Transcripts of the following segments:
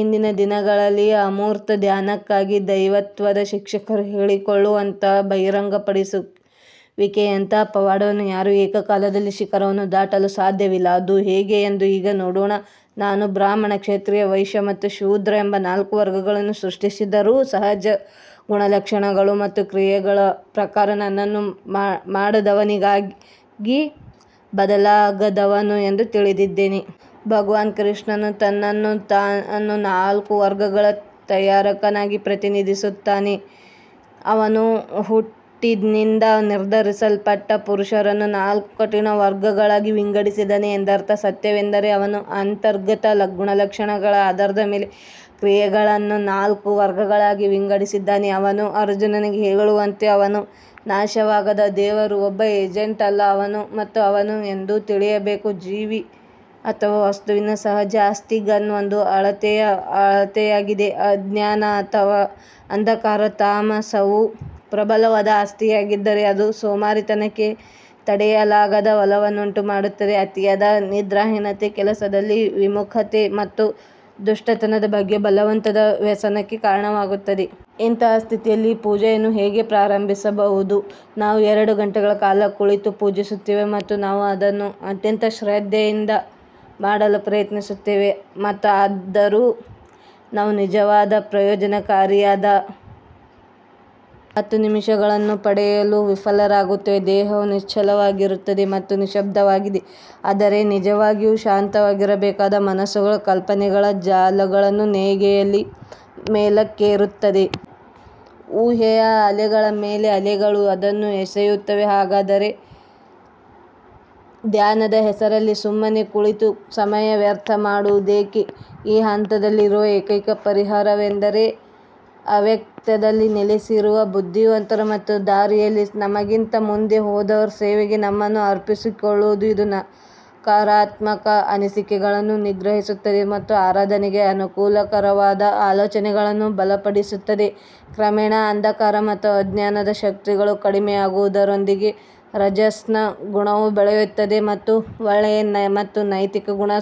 ಇಂದಿನ ದಿನಗಳಲ್ಲಿ ಅಮೂರ್ತ ಧ್ಯಾನಕ್ಕಾಗಿ ದೈವತ್ವದ ಶಿಕ್ಷಕರು ಹೇಳಿಕೊಳ್ಳುವಂತಹ ಬಹಿರಂಗಪಡಿಸುವಿಕೆಯಂತಹ ಪವಾಡವನ್ನು ಯಾರೂ ಏಕಕಾಲದಲ್ಲಿ ಶಿಖರವನ್ನು ದಾಟಲು ಸಾಧ್ಯವಿಲ್ಲ. ಅದು ಹೇಗೆ ಎಂದು ಈಗ ನೋಡೋಣ ನಾನು ಬ್ರಾಹ್ಮಣ ಕ್ಷತ್ರಿಯ ವೈಶಿ ಮತ್ತು ಶೂದ್ರ ಎಂಬ ನಾಲ್ಕು ವರ್ಗಗಳನ್ನು ಸೃಷ್ಟಿಸಿದ್ದರೂ ಸಹಜ ಗುಣಲಕ್ಷಣಗಳು ಮತ್ತು ಕ್ರಿಯೆಗಳ ಪ್ರಕಾರ ನನ್ನನ್ನು ಮಾಡದವನಾಗಿ ಬದಲಾಗದವನು ಎಂದು ತಿಳಿದಿದ್ದೇನೆ. ಭಗವಾನ್ ಕೃಷ್ಣನು ತನ್ನನ್ನು ತಾನು ನಾಲ್ಕು ವರ್ಗಗಳ ತಯಾರಕನಾಗಿ ಪ್ರತಿನಿಧಿಸುತ್ತಾನೆ ಅವನು ಹುಟ್ಟಿನಿಂದ ನಿರ್ಧರಿಸಲ್ಪಟ್ಟ ಪುರುಷರನ್ನು ನಾಲ್ಕು ಕಠಿಣ ವರ್ಗಗಳಾಗಿ ವಿಂಗಡಿಸಿದ್ದಾನೆ ಎಂದರ್ಥ ಸತ್ಯವೆಂದರೆ ಅವನು ಅಂತರ್ಗತ ಗುಣಲಕ್ಷಣಗಳ ಆಧಾರದ ಮೇಲೆ ಕ್ರಿಯೆಗಳನ್ನು ನಾಲ್ಕು ವರ್ಗಗಳಾಗಿ ವಿಂಗಡಿಸಿದ್ದಾನೆ ಅವನು ಅರ್ಜುನನಿಗೆ ಹೇಳುವಂತೆಯೇ ಅವನು ನಾಶವಾಗದ ದೇವರು ಒಬ್ಬ ಏಜೆಂಟ್ ಅಲ್ಲ ಮತ್ತು ಅವನು ಎಂದು ತಿಳಿಯಬೇಕು ಜೀವಿ ಅಥವಾ ವಸ್ತುವಿನ ಸಹಜ ಆಸ್ತಿ ಗನ್ ಒಂದು ಅಳತೆಯ ಅಳತೆಯಾಗಿದೆ ಅಜ್ಞಾನ ಅಥವಾ ಅಂಧಕಾರ ತಾಮಸವು ಪ್ರಬಲವಾದ ಆಸ್ತಿಯಾಗಿದ್ದರೆ, ಅದು ಸೋಮಾರಿತನಕ್ಕೆ ತಡೆಯಲಾಗದ ಒಲವನ್ನು ಉಂಟುಮಾಡುತ್ತದೆ, ಅತಿಯಾದ ನಿದ್ರಾಹೀನತೆ ಕೆಲಸದಲ್ಲಿ ವಿಮುಖತೆ ಮತ್ತು ದುಷ್ಟತನದ ಬಗ್ಗೆ ಬಲವಂತದ ವ್ಯಸನಕ್ಕೆ ಕಾರಣವಾಗುತ್ತದೆ. ಇಂತಹ ಸ್ಥಿತಿಯಲ್ಲಿ ಪೂಜೆಯನ್ನು ಹೇಗೆ ಪ್ರಾರಂಭಿಸಬಹುದು ನಾವು ಎರಡು ಗಂಟೆಗಳ ಕಾಲ ಕುಳಿತು ಪೂಜಿಸುತ್ತೇವೆ ಮತ್ತು ನಾವು ಅದನ್ನು ಅತ್ಯಂತ ಶ್ರದ್ಧೆಯಿಂದ ಮಾಡಲು ಪ್ರಯತ್ನಿಸುತ್ತೇವೆ ಮತ್ತು ಆದರೂ ನಾವು ನಿಜವಾದ ಪ್ರಯೋಜನಕಾರಿಯಾದ ಹತ್ತು ನಿಮಿಷಗಳನ್ನು ಪಡೆಯಲು ವಿಫಲರಾಗುತ್ತೇವೆ. ದೇಹವು ನಿಶ್ಚಲವಾಗಿರುತ್ತದೆ ಮತ್ತು ನಿಶ್ಯಬ್ದವಾಗಿದೆ ಆದರೆ ನಿಜವಾಗಿಯೂ ಶಾಂತವಾಗಿರಬೇಕಾದ ಮನಸ್ಸು ಕಲ್ಪನೆಗಳ ಜಾಲಗಳನ್ನು ನೇಯ್ಗೆಯಲ್ಲಿ ಮೇಲಕ್ಕೆತ್ತುತ್ತದೆ. ಊಹೆಯ ಅಲೆಗಳ ಮೇಲೆ ಅಲೆಗಳು ಅದನ್ನು ಎಸೆಯುತ್ತವೆ ಹಾಗಾದರೆ ಧ್ಯಾನದ ಹೆಸರಲ್ಲಿ ಸುಮ್ಮನೆ ಕುಳಿತು ಸಮಯ ವ್ಯರ್ಥ ಮಾಡುವುದೇಕೆ ಈ ಹಂತದಲ್ಲಿ ಇರುವ ಏಕೈಕ ಪರಿಹಾರವೆಂದರೆ, ಅವ್ಯಕ್ತದಲ್ಲಿ ನೆಲೆಸಿರುವ ಬುದ್ಧಿವಂತರ ಮತ್ತು ದಾರಿಯಲ್ಲಿ ನಮಗಿಂತ ಮುಂದೆ ಹೋದವರ ಸೇವೆಗೆ ನಮ್ಮನ್ನು ಅರ್ಪಿಸಿಕೊಳ್ಳುವುದು. ಇದು ನಕಾರಾತ್ಮಕ ಅನಿಸಿಕೆಗಳನ್ನು ನಿಗ್ರಹಿಸುತ್ತದೆ ಮತ್ತು ಆರಾಧನೆಗೆ ಅನುಕೂಲಕರವಾದ ಆಲೋಚನೆಗಳನ್ನು ಬಲಪಡಿಸುತ್ತದೆ ಕ್ರಮೇಣ ಅಂಧಕಾರ ಮತ್ತು ಅಜ್ಞಾನದ ಶಕ್ತಿಗಳು ಕಡಿಮೆಯಾಗುವುದರೊಂದಿಗೆ ರಜಸ್ನ ಗುಣವು ಬೆಳೆಯುತ್ತಿದೆ ಮತ್ತು ಒಳ್ಳೆಯ ಮತ್ತು ನೈತಿಕ ಗುಣ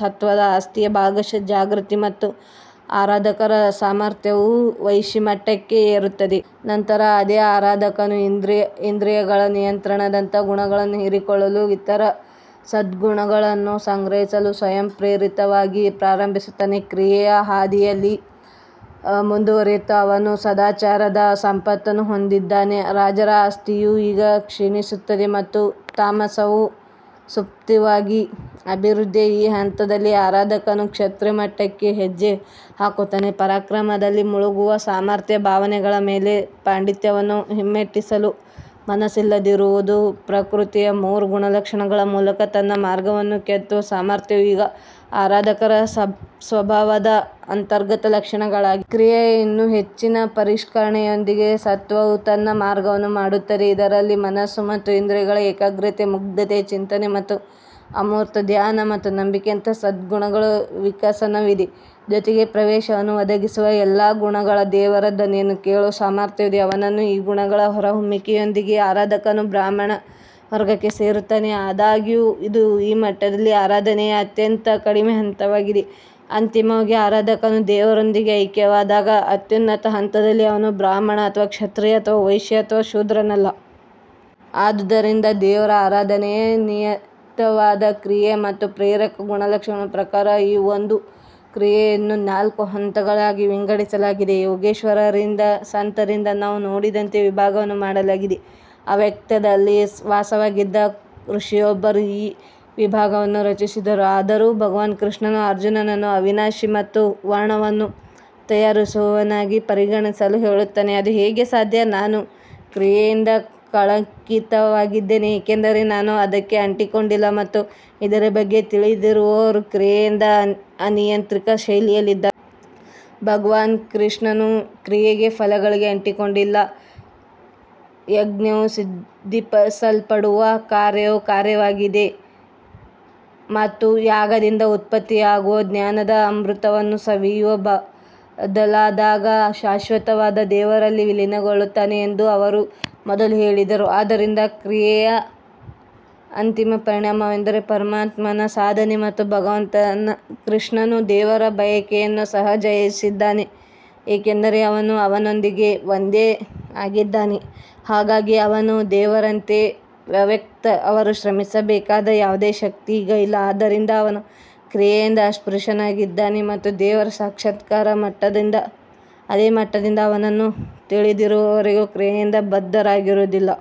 ಸತ್ವದ ಆಸ್ತಿಯ ಭಾಗಶಃ ಜಾಗೃತಿ ಮತ್ತು ಆರಾಧಕರ ಸಾಮರ್ಥ್ಯವು ವೈಶಿ ಮಟ್ಟಕ್ಕೆ ಏರುತ್ತದೆ. ನಂತರ ಅದೇ ಆರಾಧಕನು ಇಂದ್ರಿಯಗಳ ನಿಯಂತ್ರಣದಂತಹ ಗುಣಗಳನ್ನು ಹೀರಿಕೊಳ್ಳಲು ಮತ್ತು ಇತರ ಸದ್ಗುಣಗಳನ್ನು ಸಂಗ್ರಹಿಸಲು ಸ್ವಯಂಪ್ರೇರಿತವಾಗಿ ಪ್ರಾರಂಭಿಸುತ್ತಾನೆ. ಕ್ರಿಯೆಯ ಹಾದಿಯಲ್ಲಿ ಮುಂದುವರಿಯುತ್ತಾ ಅವನು ಸದಾಚಾರದ ಸಂಪತ್ತನ್ನು ಹೊಂದಿದ್ದಾನೆ ರಾಜರ ಆಸ್ತಿಯು ಈಗ ಕ್ಷೀಣಿಸುತ್ತದೆ ಮತ್ತು ತಾಮಸವು ಸುಪ್ತವಾಗಿದೆ ಅಭಿವೃದ್ಧಿಯ ಈ ಹಂತದಲ್ಲಿ ಆರಾಧಕನು ಕ್ಷತ್ರಿಯ ಮಟ್ಟಕ್ಕೆ ಹೆಜ್ಜೆ ಹಾಕುತ್ತಾನೆ ಪರಾಕ್ರಮದಲ್ಲಿ ಮುಳುಗುವ ಸಾಮರ್ಥ್ಯ, ಭಾವನೆಗಳ ಮೇಲೆ ಪಾಂಡಿತ್ಯವನ್ನು ಹಿಮ್ಮೆಟ್ಟಿಸಲು ಮನಸ್ಸಿಲ್ಲದಿರುವುದು ಪ್ರಕೃತಿಯ ಮೂರು ಗುಣಲಕ್ಷಣಗಳ ಮೂಲಕ ತನ್ನ ಮಾರ್ಗವನ್ನು ಕೆತ್ತುವ ಸಾಮರ್ಥ್ಯವು ಈಗ ಆರಾಧಕರ ಸ್ವಭಾವದ ಅಂತರ್ಗತ ಲಕ್ಷಣಗಳಾಗಿವೆ. ಕ್ರಿಯೆಯ ಇನ್ನೂ ಹೆಚ್ಚಿನ ಪರಿಷ್ಕರಣೆಯೊಂದಿಗೆ ಸತ್ವವು ತನ್ನ ಮಾರ್ಗವನ್ನು ಮಾಡುತ್ತದೆ, ಇದರಲ್ಲಿ ಮನಸ್ಸು ಮತ್ತು ಇಂದ್ರಿಯಗಳ ಏಕಾಗ್ರತೆ ಮುಗ್ಧತೆಯ ಚಿಂತನೆ ಮತ್ತು ಅಮೂರ್ತ ಧ್ಯಾನ ಮತ್ತು ನಂಬಿಕೆಯಂತಹ ಸದ್ಗುಣಗಳ ವಿಕಸನವಿದೆ, ಜೊತೆಗೆ ಪ್ರವೇಶವನ್ನು ಒದಗಿಸುವ ಎಲ್ಲಾ ಗುಣಗಳನ್ನು ದೇವರ ಧ್ವನಿಯನ್ನು ಕೇಳುವ ಸಾಮರ್ಥ್ಯವಿದೆ. ಅವನನ್ನು ಈ ಗುಣಗಳ ಹೊರಹೊಮ್ಮುವಿಕೆಯೊಂದಿಗೆ ಆರಾಧಕನು ಬ್ರಾಹ್ಮಣ ವರ್ಗಕ್ಕೆ ಸೇರುತ್ತಾನೆ ಆದಾಗ್ಯೂ ಇದು ಈ ಮಟ್ಟದಲ್ಲಿ ಆರಾಧನೆಯ ಅತ್ಯಂತ ಕಡಿಮೆ ಹಂತವಾಗಿದೆ ಅಂತಿಮವಾಗಿ ಆರಾಧಕನು ದೇವರೊಂದಿಗೆ ಐಕ್ಯವಾದಾಗ ಅತ್ಯುನ್ನತ ಹಂತದಲ್ಲಿ ಅವನು ಬ್ರಾಹ್ಮಣ ಅಥವಾ ಕ್ಷತ್ರಿಯ ಅಥವಾ ವೈಶಿ ಅಥವಾ ಶೂದ್ರನಲ್ಲ. ಆದುದರಿಂದ ದೇವರ ಆರಾಧನೆಯೇ ನಿಯತವಾದ ಕ್ರಿಯೆ ಮತ್ತು ಪ್ರೇರಕ ಗುಣಲಕ್ಷಣಗಳ ಪ್ರಕಾರ ಈ ಒಂದು ಕ್ರಿಯೆಯನ್ನು ನಾಲ್ಕು ಹಂತಗಳಾಗಿ ವಿಂಗಡಿಸಲಾಗಿದೆ ಯೋಗೇಶ್ವರರಿಂದ ಸಂತರಿಂದ ನಾವು ನೋಡಿದಂತೆ ವಿಭಾಗವನ್ನು ಮಾಡಲಾಗಿದೆ ಅವ್ಯಕ್ತದಲ್ಲಿ ವಾಸವಾಗಿದ್ದ ಋಷಿಯೊಬ್ಬರು ಈ ವಿಭಾಗವನ್ನು ರಚಿಸಿದರು ಆದರೂ ಭಗವಾನ್ ಕೃಷ್ಣನು ಅರ್ಜುನನನ್ನು ಅವಿನಾಶಿ ಮತ್ತು ವರ್ಣವನ್ನು ತಯಾರಿಸುವವನಾಗಿ ಪರಿಗಣಿಸಲು ಹೇಳುತ್ತಾನೆ ಅದು ಹೇಗೆ ಸಾಧ್ಯ ನಾನು ಕ್ರಿಯೆಯಿಂದ ಕಳಂಕಿತನಾಗಿದ್ದೇನೆ ಏಕೆಂದರೆ ನಾನು ಅದಕ್ಕೆ ಅಂಟಿಕೊಂಡಿಲ್ಲ ಮತ್ತು ಇದರ ಬಗ್ಗೆ ತಿಳಿದಿರುವವರು ಕ್ರಿಯೆಯಿಂದ ಅನಿಯಂತ್ರಿತ ಶೈಲಿಯಲ್ಲಿದ್ದಾರೆ. ಭಗವಾನ್ ಕೃಷ್ಣನು ಕ್ರಿಯೆಯ ಫಲಗಳಿಗೆ ಅಂಟಿಕೊಂಡಿಲ್ಲ ಯಜ್ಞವು ಸಿದ್ಧಿಸಲ್ಪಡುವ ಕಾರ್ಯವು ಕಾರ್ಯವಾಗಿದೆ ಮತ್ತು ಯಾಗದಿಂದ ಉತ್ಪತ್ತಿಯಾಗುವ ಜ್ಞಾನದ ಅಮೃತವನ್ನು ಸವಿಯುವವನು ಬದಲಾಗದ ಶಾಶ್ವತವಾದ ದೇವರಲ್ಲಿ ವಿಲೀನಗೊಳ್ಳುತ್ತಾನೆ ಎಂದು ಅವರು ಮೊದಲು ಹೇಳಿದರು. ಆದ್ದರಿಂದ ಕ್ರಿಯೆಯ ಅಂತಿಮ ಪರಿಣಾಮವೆಂದರೆ ಪರಮಾತ್ಮನ ಸಾಧನೆ ಮತ್ತು ಭಗವಂತ ಕೃಷ್ಣನು ದೇವರ ಬಯಕೆಯನ್ನು ಸಹ ಜಯಿಸಿದ್ದಾನೆ ಏಕೆಂದರೆ ಅವನು ಅವನೊಂದಿಗೆ ಒಂದೇ ಆಗಿದ್ದಾನೆ ಹಾಗಾಗಿ ಅವನೂ ದೇವರಂತೆ ಅವ್ಯಕ್ತ ಅವರು ಶ್ರಮಿಸಬೇಕಾದ ಯಾವುದೇ ಶಕ್ತಿ ಈಗ ಇಲ್ಲ ಆದ್ದರಿಂದ ಅವನು ಕ್ರಿಯೆಯಿಂದ ಅಸ್ಪೃಶ್ಯನಾಗಿದ್ದಾನೆ ಮತ್ತು ದೇವರ ಸಾಕ್ಷಾತ್ಕಾರದ ಮಟ್ಟದಿಂದ ಅದೇ ಮಟ್ಟದಿಂದ ಅವನನ್ನು ತಿಳಿದಿರುವವರೂ ಕ್ರಿಯೆಯಿಂದ ಬದ್ಧರಾಗಿರುವುದಿಲ್ಲ.